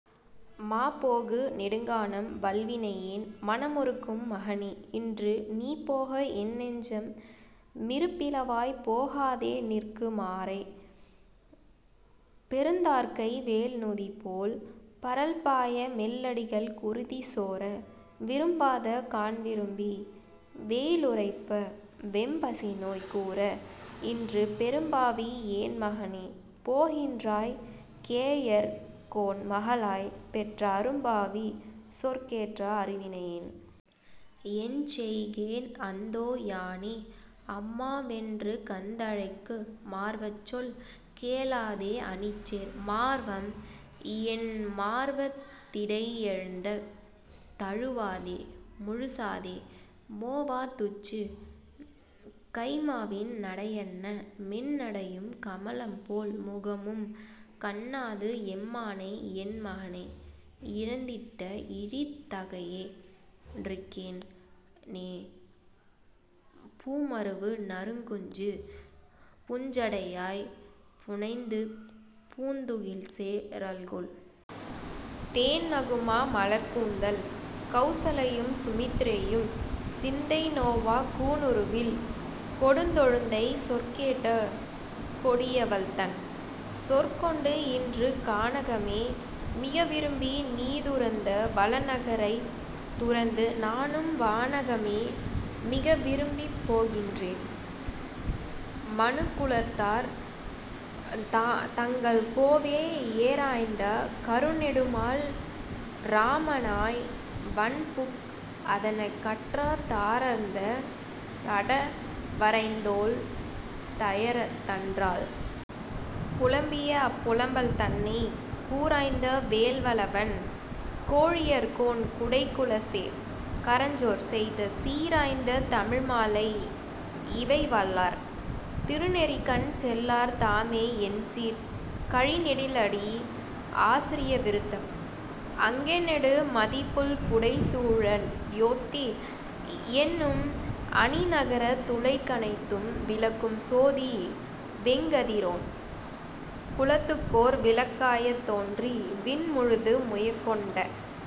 மாபோகு நெடுங்கானம் வல்வினையேன் மனமுருக்கும் மகனே இன்று நீபோக என்னெஞ்ச மிருபிளவாய்ப் போகாதே நிற்கு மாறே பொருந்தார்கை வேல்நுதிபோல் பரல்பாய மெல்லடிகள் குருதி சோர விரும்பாத கான்விரும்பி வெயிலுறைப்ப வெம்பசிநோய் கூர இன்று பெரும்பாவி யேன்மகனே போகின்றாய் கேகயர்கோன் மகளாய்ப் பெற்ற அரும்பாவி சொற்கேட்ட அருவினையேன் எஞ்செய்கேன் அந்தோ யானே அம்மாவென் றுகந்தழைக்கு மார்வச்சொல் கேளாதே அணிசேர் மார்வம் என்மார்வத் திடையழுந்தத் தழுவாதே முழுசாதே மோவா துச்சி கைம்மாவின் நடையன்ன மென்னடையும் கமலம்போல் முகமும் கன்ணாது எம்மானை யென்மகனை யிழந்திட்ட இழிதகையே னிருக்கின் றேனே பூமருவு நறுங்குஞ்சி புஞ்சடையாய்ப் புனைந்துபூந் துகில்சே ரல்குல் தேன்நகுமா மலர்க்கூந்தல் கௌசலையும் சுமித்திரையும் சிந்தை நோவ கூனுருவில் கொடுந்தொழுத்தை சொற்கேட்ட கொடியவள்தன் சொற்கொண்டு இன்று கானகமே மிகவிரும்பி நீதுறந்த வளநகரைத் துறந்து நானும் வானகமே மிகவிரும்பிப் போகின்றேன் மனுகுலத்தார் தங்கள் கோவே ஏரார்ந்த கருநெடுமால் இராமனாய் வனம்புக்க அதனுக் காற்றா தாரர்ந்த தடவரைத்தோள் தயரதன்றால் புலம்பியஅப் புலம்பல் தன்னை கூரார்ந்த வேல்வலவன் கோழியர்கோன் குடைக்குலசே கரஞ்சொற் செய்த சீரார்ந்த தமிழ்மாலை யிவைவல்லார் தீநெறிக்கண் செல்லார் தாமே எண்சீர்க் கழிநெடிலடி ஆசிரிய விருத்தம் அங்கணெடு மதிள்புடைசூ ழயோத்தி யென்னும் அணிநகரத் துலகனைத்தும் விளக்கும் சோதி வெங்கதிரோன் குலத்துக்கோர் விளக்காய்த் தோன்றி விண்முழுது முயக்கொண்ட